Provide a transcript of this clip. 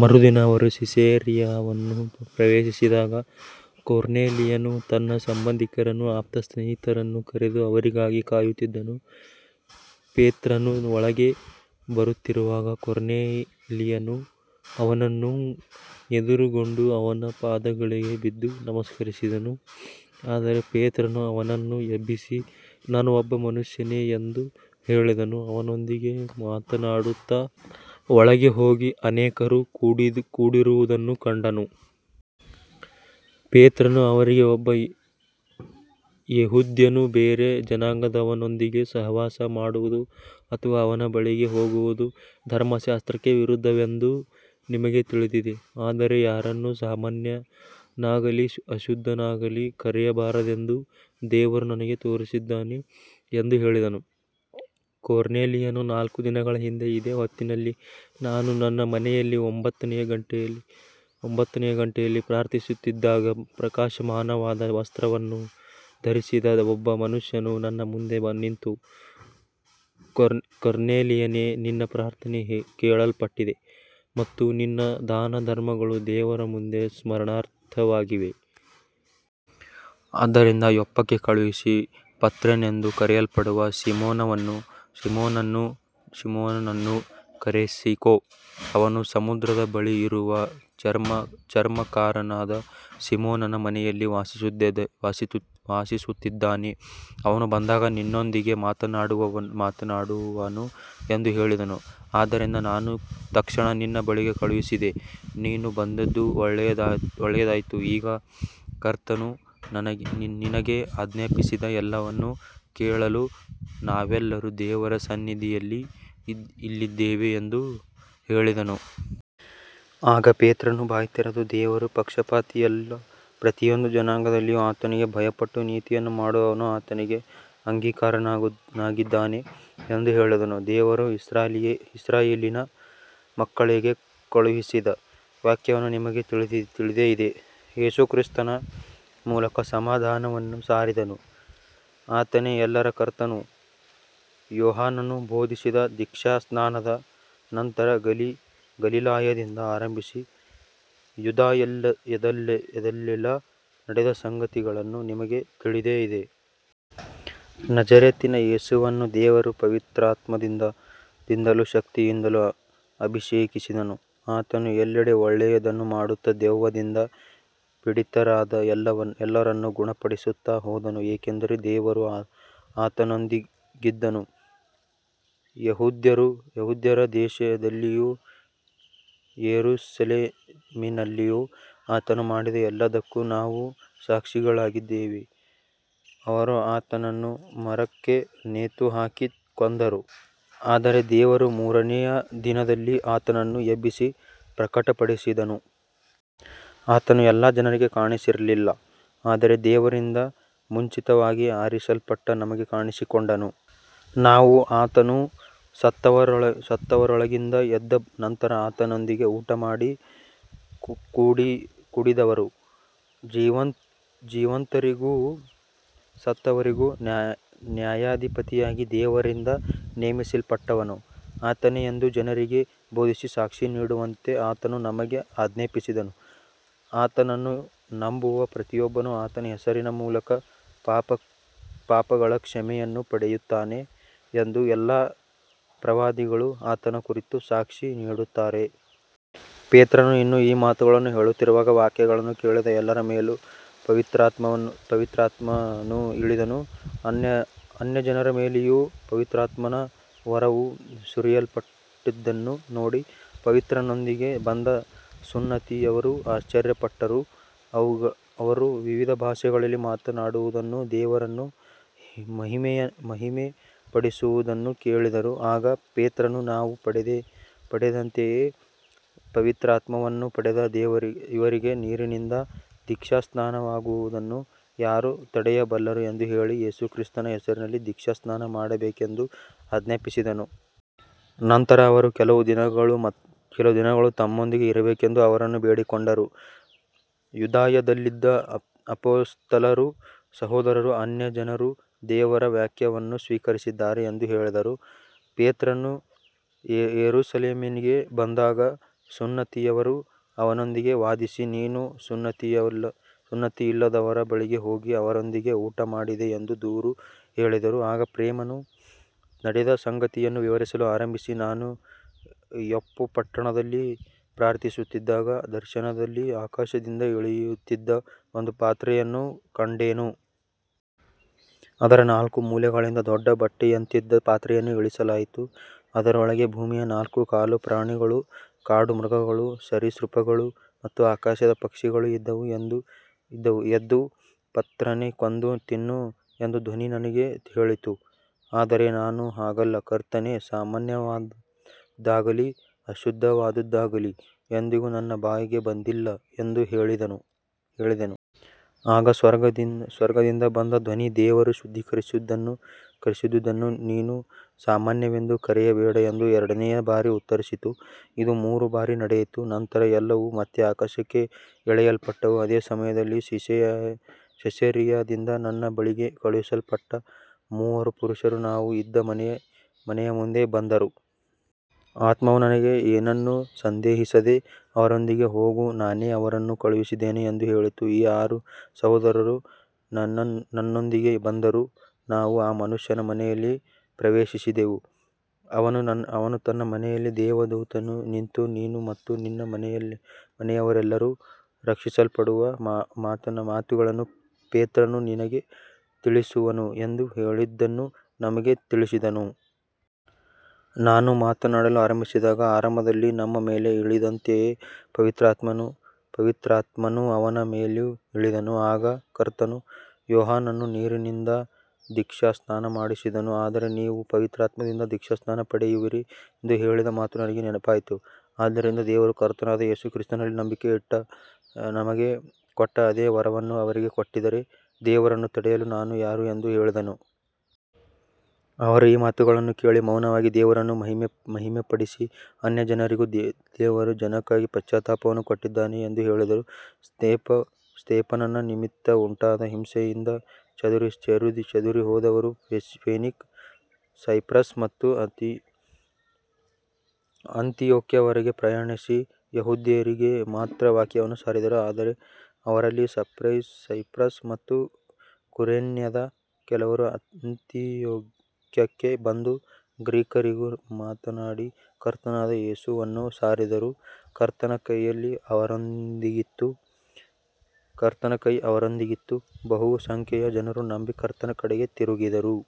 ಮರುದಿನ ಅವರು ಸಿಸೇರಿಯಾವನ್ನು ಪ್ರವೇಶಿಸಿದಾಗ ಕೊರ್ನೇಲಿಯನು ತನ್ನ ಸಂಬಂಧಿಕರನ್ನೂ ಆಪ್ತ ಸ್ನೇಹಿತರನ್ನೂ ಕರೆದು ಅವರಿಗಾಗಿ ಕಾಯುತ್ತಿದ್ದನು. ಪೇತ್ರನು ಒಳಗೆ ಬರುತ್ತಿರುವಾಗ ಕೊರ್ನೇಲಿಯನು ಅವನನ್ನು ಎದುರುಗೊಂಡು ಅವನ ಪಾದಗಳಿಗೆ ಬಿದ್ದು ನಮಸ್ಕರಿಸಿದನು. ಆದರೆ ಪೇತ್ರನು ಅವನನ್ನು ಎಬ್ಬಿಸಿ, ನಾನೂ ಒಬ್ಬ ಮನುಷ್ಯನೇ ಎಂದು ಹೇಳಿದನು. ಅವನೊಂದಿಗೆ ಮಾತನಾಡುತ್ತಾ ಒಳಗೆ ಹೋಗಿ ಅನೇಕರು ಕೂಡಿರುವುದನ್ನು ಕಂಡನು. ಪೇತ್ರನು ಅವರಿಗೆ, ಒಬ್ಬ ಯೆಹೂದ್ಯನು ಬೇರೆ ಜನಾಂಗದವನೊಂದಿಗೆ ಸಹವಾಸ ಮಾಡುವುದು ಅಥವಾ ಅವನ ಬಳಿಗೆ ಹೋಗುವುದು ಧರ್ಮಶಾಸ್ತ್ರಕ್ಕೆ ವಿರುದ್ಧವೆಂದು ನಿಮಗೆ ತಿಳಿದಿದೆ. ಆದರೆ ಯಾರನ್ನೂ ಸಾಮಾನ್ಯನಾಗಲಿ ಅಶುದ್ಧನಾಗಲಿ ಕರೆಯಬಾರದೆಂದು ದೇವರು ನನಗೆ ತೋರಿಸಿದ್ದಾನೆ ಎಂದು ಹೇಳಿದನು. ಕೊರ್ನೇಲಿಯನು, ನಾಲ್ಕು ದಿನಗಳ ಹಿಂದೆ ಇದೇ ಹೊತ್ತಿನಲ್ಲಿ ನಾನು ನನ್ನ ಮನೆಯಲ್ಲಿ ಒಂಬತ್ತನೆಯ ಗಂಟೆಯಲ್ಲಿ ಪ್ರಾರ್ಥಿಸುತ್ತಿದ್ದಾಗ ಪ್ರಕಾಶಮಾನವಾದ ವಸ್ತ್ರವನ್ನು ಧರಿಸಿದ ಒಬ್ಬ ಮನುಷ್ಯನು ನನ್ನ ಮುಂದೆ ನಿಂತು, ಕೊರ್ನೇಲಿಯನೇ, ನಿನ್ನ ಪ್ರಾರ್ಥನೆ ಕೇಳಲ್ಪಟ್ಟಿದೆ ಮತ್ತು ನಿನ್ನ ದಾನಧರ್ಮಗಳು ದೇವರ ಮುಂದೆ ಸ್ಮರಣಾರ್ಥವಾಗಿವೆ. ಆದ್ದರಿಂದ ಯೊಪ್ಪಕ್ಕೆ ಕಳುಹಿಸಿ ಪೇತ್ರನೆಂದು ಕರೆಯಲ್ಪಡುವ ಸೀಮೋನನನ್ನು ಕರೆಸಿಕೊ. ಅವನು ಸಮುದ್ರದ ಬಳಿಯಿರುವ ಚರ್ಮಕಾರನಾದ ಸೀಮೋನನ ಮನೆಯಲ್ಲಿ ವಾಸಿಸುತ್ತಿದ್ದಾನೆ. ಅವನು ಬಂದಾಗ ನಿನ್ನೊಂದಿಗೆ ಮಾತನಾಡುವನು ಎಂದು ಹೇಳಿದನು. ಆದ್ದರಿಂದ ನಾನು ತಕ್ಷಣ ನಿನ್ನ ಬಳಿಗೆ ಕಳುಹಿಸಿದೆ. ನೀನು ಬಂದದ್ದು ಒಳ್ಳೆಯದಾಯಿತು. ಈಗ ಕರ್ತನು ನಿನಗೆ ಆಜ್ಞಾಪಿಸಿದ ಎಲ್ಲವನ್ನೂ ಕೇಳಲು ನಾವೆಲ್ಲರೂ ದೇವರ ಸನ್ನಿಧಿಯಲ್ಲಿ ಇಲ್ಲಿದ್ದೇವೆ ಎಂದು ಹೇಳಿದನು. ಆಗ ಪೇತ್ರನು ಬಾಯಿ ತೆರೆದು, ದೇವರು ಪಕ್ಷಪಾತಿಯಲ್ಲ, ಪ್ರತಿಯೊಂದು ಜನಾಂಗದಲ್ಲಿಯೂ ಆತನಿಗೆ ಭಯಪಟ್ಟು ನೀತಿಯನ್ನು ಮಾಡುವವನು ಆತನಿಗೆ ಅಂಗೀಕಾರನಾಗಿದ್ದಾನೆ ಎಂದು ಹೇಳಿದನು. ದೇವರು ಇಸ್ರಾಯೇಲಿನ ಮಕ್ಕಳಿಗೆ ಕಳುಹಿಸಿದ ವಾಕ್ಯವನ್ನು ನಿಮಗೆ ತಿಳಿದೇ ಇದೆ. ಯೇಸುಕ್ರಿಸ್ತನ ಮೂಲಕ ಸಮಾಧಾನವನ್ನು ಸಾರಿದನು. ಆತನೇ ಎಲ್ಲರ ಕರ್ತನು. ಯೋಹಾನನು ಬೋಧಿಸಿದ ದೀಕ್ಷಾಸ್ನಾನದ ನಂತರ ಗಲಿಲಾಯದಿಂದ ಆರಂಭಿಸಿ ಯೂದಾಯದಲ್ಲೆಲ್ಲಾ ನಡೆದ ಸಂಗತಿಗಳನ್ನು ನಿಮಗೆ ತಿಳಿದೇ ಇದೆ. ನಜರೇತಿನ ಯೇಸುವನ್ನು ದೇವರು ಪವಿತ್ರಾತ್ಮದಿಂದಲೂ ಶಕ್ತಿಯಿಂದಲೂ ಅಭಿಷೇಕಿಸಿದನು. ಆತನು ಎಲ್ಲೆಡೆ ಒಳ್ಳೆಯದನ್ನು ಮಾಡುತ್ತಾ, ದೆವ್ವದಿಂದ ಪೀಡಿತರಾದ ಎಲ್ಲರನ್ನು ಗುಣಪಡಿಸುತ್ತಾ ಹೋದನು, ಏಕೆಂದರೆ ದೇವರು ಆತನೊಂದಿಗಿದ್ದನು. ಯೆಹೂದ್ಯರ ದೇಶದಲ್ಲಿಯೂ ಯೆರೂಸಲೇಮಿನಲ್ಲಿಯೂ ಆತನು ಮಾಡಿದ ಎಲ್ಲದಕ್ಕೂ ನಾವು ಸಾಕ್ಷಿಗಳಾಗಿದ್ದೇವೆ. ಅವರು ಆತನನ್ನು ಮರಕ್ಕೆ ನೇತುಹಾಕಿ ಕೊಂದರು. ಆದರೆ ದೇವರು ಮೂರನೆಯ ದಿನದಲ್ಲಿ ಆತನನ್ನು ಎಬ್ಬಿಸಿ ಪ್ರಕಟಪಡಿಸಿದನು. ಆತನು ಎಲ್ಲಾ ಜನರಿಗೆ ಕಾಣಿಸಿಕೊಳ್ಳಲಿಲ್ಲ, ಆದರೆ ದೇವರಿಂದ ಮುಂಚಿತವಾಗಿ ಆರಿಸಲ್ಪಟ್ಟ ನಮಗೆ ಕಾಣಿಸಿಕೊಂಡನು. ನಾವು ಆತನು ಸತ್ತವರೊಳಗಿಂದ ಎದ್ದ ನಂತರ ಆತನೊಂದಿಗೆ ಊಟಮಾಡಿ ಕುಡಿದವರು. ಜೀವಂತರಿಗೂ ಸತ್ತವರಿಗೂ ನ್ಯಾಯಾಧಿಪತಿಯಾಗಿ ದೇವರಿಂದ ನೇಮಿಸಲ್ಪಟ್ಟವನು ಆತನೇ ಎಂದು ಜನರಿಗೆ ಬೋಧಿಸಿ ಸಾಕ್ಷಿ ನೀಡುವಂತೆ ಆತನು ನಮಗೆ ಆಜ್ಞಾಪಿಸಿದನು. ಆತನನ್ನು ನಂಬುವ ಪ್ರತಿಯೊಬ್ಬನೂ ಆತನ ಹೆಸರಿನ ಮೂಲಕ ಪಾಪಗಳ ಕ್ಷಮೆಯನ್ನು ಪಡೆಯುತ್ತಾನೆ ಎಂದು ಎಲ್ಲಾ ಪ್ರವಾದಿಗಳೂ ಆತನ ಕುರಿತು ಸಾಕ್ಷಿ ನೀಡುತ್ತಾರೆ. ಪೇತ್ರನು ಇನ್ನೂ ಈ ಮಾತುಗಳನ್ನು ಹೇಳುತ್ತಿರುವಾಗ ವಾಕ್ಯವನ್ನು ಕೇಳಿದ ಎಲ್ಲರ ಮೇಲೂ ಪವಿತ್ರಾತ್ಮನು ಇಳಿದನು. ಅನ್ಯಜನರ ಮೇಲೆಯೂ ಪವಿತ್ರಾತ್ಮನ ವರವು ಸುರಿಯಲ್ಪಟ್ಟದ್ದನ್ನು ನೋಡಿ ಪೇತ್ರನೊಂದಿಗೆ ಬಂದ ಸುನ್ನತಿಯವರು ಆಶ್ಚರ್ಯಪಟ್ಟರು. ಅವರು ವಿವಿಧ ಭಾಷೆಗಳಲ್ಲಿ ಮಾತನಾಡುವುದನ್ನೂ ದೇವರನ್ನು ಮಹಿಮೆಪಡಿಸುವುದನ್ನೂ ಕೇಳಿದರು. ಆಗ ಪೇತ್ರನು, ನಾವು ಪಡೆದಂತೆಯೇ ಪವಿತ್ರಾತ್ಮವನ್ನು ಪಡೆದ ಇವರಿಗೆ ನೀರಿನಿಂದ ದೀಕ್ಷಾಸ್ನಾನವಾಗುವುದನ್ನು ಯಾರು ತಡೆಯಬಲ್ಲರು ಎಂದು ಹೇಳಿ, ಯೇಸುಕ್ರಿಸ್ತನ ಹೆಸರಿನಲ್ಲಿ ದೀಕ್ಷಾಸ್ನಾನ ಮಾಡಿಸಬೇಕೆಂದು ಆಜ್ಞಾಪಿಸಿದನು. ನಂತರ ಅವರು ಕೆಲವು ದಿನಗಳು ತಮ್ಮೊಂದಿಗೆ ಇರಬೇಕೆಂದು ಅವನನ್ನು ಬೇಡಿಕೊಂಡರು. ಯೂದಾಯದಲ್ಲಿದ್ದ ಅಪೊಸ್ತಲರೂ ಸಹೋದರರೂ ಅನ್ಯಜನರೂ ದೇವರ ವಾಕ್ಯವನ್ನು ಸ್ವೀಕರಿಸಿದ್ದಾರೆ ಎಂದು ಕೇಳಿದರು. ಪೇತ್ರನು ಯೆರೂಸಲೇಮಿಗೆ ಬಂದಾಗ ಸುನ್ನತಿಯವರು ಅವನೊಂದಿಗೆ ವಾದಿಸಿ, ನೀನು ಸುನ್ನತಿಯಿಲ್ಲದವರ ಬಳಿಗೆ ಹೋಗಿ ಅವರೊಂದಿಗೆ ಊಟಮಾಡಿದೆ ಎಂದು ದೂರು ಹೇಳಿದರು. ಆಗ ಪೇತ್ರನು ನಡೆದ ಸಂಗತಿಯನ್ನು ವಿವರಿಸಲು ಆರಂಭಿಸಿ, ನಾನು ಯೊಪ್ಪ ಪಟ್ಟಣದಲ್ಲಿ ಪ್ರಾರ್ಥಿಸುತ್ತಿದ್ದಾಗ ದರ್ಶನದಲ್ಲಿ ಆಕಾಶದಿಂದ ಇಳಿಯುತ್ತಿದ್ದ ಒಂದು ಪಾತ್ರೆಯನ್ನು ಕಂಡೆನು. ಅದರ ನಾಲ್ಕು ಮೂಲೆಗಳಿಂದ ದೊಡ್ಡ ಬಟ್ಟೆಯಂತಿದ್ದ ಪಾತ್ರೆಯನ್ನು ಇಳಿಸಲಾಯಿತು. ಅದರೊಳಗೆ ಭೂಮಿಯ ನಾಲ್ಕುಕಾಲು ಪ್ರಾಣಿಗಳು, ಕಾಡುಮೃಗಗಳು, ಸರೀಸೃಪಗಳು ಮತ್ತು ಆಕಾಶದ ಪಕ್ಷಿಗಳು ಇದ್ದವು. ಎದ್ದು ಪೇತ್ರನೇ, ಕೊಂದು ತಿನ್ನು ಎಂದು ಧ್ವನಿ ನನಗೆ ಹೇಳಿತು. ಆದರೆ ನಾನು, ಹಾಗಲ್ಲ ಕರ್ತನೇ, ಸಾಮಾನ್ಯವಾದದ್ದಾಗಲಿ ಅಶುದ್ಧವಾದದ್ದಾಗಲಿ ಎಂದಿಗೂ ನನ್ನ ಬಾಯಿಗೆ ಬಂದಿಲ್ಲ ಎಂದು ಹೇಳಿದೆನು. ಆಗ ಸ್ವರ್ಗದಿಂದ ಬಂದ ಧ್ವನಿ, ದೇವರು ಶುದ್ಧೀಕರಿಸಿದುದನ್ನು ನೀನು ಸಾಮಾನ್ಯವೆಂದು ಕರೆಯಬೇಡ ಎಂದು ಎರಡನೆಯ ಬಾರಿ ಉತ್ತರಿಸಿತು. ಇದು ಮೂರು ಬಾರಿ ನಡೆಯಿತು. ನಂತರ ಎಲ್ಲವೂ ಮತ್ತೆ ಆಕಾಶಕ್ಕೆ ಎಳೆಯಲ್ಪಟ್ಟವು. ಅದೇ ಸಮಯದಲ್ಲಿ ಸಿಸೇರಿಯಾದಿಂದ ನನ್ನ ಬಳಿಗೆ ಕಳುಹಿಸಲ್ಪಟ್ಟ ಮೂವರು ಪುರುಷರು ನಾವು ಇದ್ದ ಮನೆಯ ಮುಂದೆ ಬಂದರು. ಆತ್ಮವು ನನಗೆ, ಏನನ್ನೂ ಸಂದೇಹಿಸದೆ ಅವರೊಂದಿಗೆ ಹೋಗು, ನಾನೇ ಅವರನ್ನು ಕಳುಹಿಸಿದ್ದೇನೆ ಎಂದು ಹೇಳಿತು. ಈ ಆರು ಸಹೋದರರೂ ನನ್ನೊಂದಿಗೆ ಬಂದರು, ನಾವು ಆ ಮನುಷ್ಯನ ಮನೆಯಲ್ಲಿ ಪ್ರವೇಶಿಸಿದೆವು. ಅವನು ತನ್ನ ಮನೆಯಲ್ಲಿ ದೇವದೂತನು ನಿಂತು, ನೀನು ಮತ್ತು ನಿನ್ನ ಮನೆಯವರೆಲ್ಲರೂ ರಕ್ಷಿಸಲ್ಪಡುವ ಮಾತುಗಳನ್ನು ಪೇತ್ರನು ನಿನಗೆ ತಿಳಿಸುವನು ಎಂದು ಹೇಳಿದ್ದನ್ನು ನಮಗೆ ತಿಳಿಸಿದನು. ನಾನು ಮಾತನಾಡಲು ಆರಂಭಿಸಿದಾಗ ಆರಂಭದಲ್ಲಿ ನಮ್ಮ ಮೇಲೆ ಇಳಿದಂತೆಯೇ ಪವಿತ್ರಾತ್ಮನು ಅವರ ಮೇಲೂ ಇಳಿದನು. ಆಗ ಕರ್ತನು, ಯೋಹಾನನು ನೀರಿನಿಂದ ದೀಕ್ಷಾಸ್ನಾನ ಮಾಡಿಸಿದನು, ಆದರೆ ನೀವು ಪವಿತ್ರಾತ್ಮದಿಂದ ದೀಕ್ಷಾಸ್ನಾನ ಪಡೆಯುವಿರಿ ಎಂದು ಹೇಳಿದ ಮಾತು ನನಗೆ ನೆನಪಾಯಿತು. ಆದ್ದರಿಂದ ದೇವರು ಕರ್ತನಾದ ಯೇಸುಕ್ರಿಸ್ತನಲ್ಲಿ ನಂಬಿಕೆಯಿಟ್ಟ ನಮಗೆ ಕೊಟ್ಟ ಅದೇ ವರವನ್ನು ಅವರಿಗೆ ಕೊಟ್ಟಿದ್ದರೆ, ದೇವರನ್ನು ತಡೆಯಲು ನಾನು ಯಾರು ಎಂದು ಹೇಳಿದೆನು. ಅವರು ಈ ಮಾತುಗಳನ್ನು ಕೇಳಿ ಮೌನವಾಗಿ ದೇವರನ್ನು ಮಹಿಮೆಪಡಿಸಿ, ಅನ್ಯಜನರಿಗೂ ದೇವರು ಜೀವಕ್ಕಾಗಿ ಪಶ್ಚಾತ್ತಾಪವನ್ನು ಕೊಟ್ಟಿದ್ದಾನೆ ಎಂದು ಹೇಳಿದರು. ಸ್ತೇಫನನ ನಿಮಿತ್ತ ಉಂಟಾದ ಹಿಂಸೆಯಿಂದ ಚದುರಿಹೋದವರು ಫೆನೀಕ, ಸೈಪ್ರಸ್ ಮತ್ತು ಅಂತಿಯೋಕ್ಯವರೆಗೆ ಪ್ರಯಾಣಿಸಿ, ಯೆಹೂದ್ಯರಿಗೆ ಮಾತ್ರ ವಾಕ್ಯವನ್ನು ಸಾರಿದರು. ಆದರೆ ಅವರಲ್ಲಿ ಸೈಪ್ರಸ್ ಮತ್ತು ಕುರೇನ್ಯದ ಕೆಲವರು ಅಂತಿಯೋಕ್ಯಕ್ಕೆ ಬಂದು ಗ್ರೀಕರಿಗೂ ಮಾತನಾಡಿ ಕರ್ತನಾದ ಯೇಸುವನ್ನು ಸಾರಿದರು. ಕರ್ತನ ಕೈ ಅವರೊಂದಿಗಿತ್ತು. ಬಹುಸಂಖ್ಯೆಯ ಜನರು ನಂಬಿ ಕರ್ತನ ಕಡೆಗೆ ತಿರುಗಿದರು.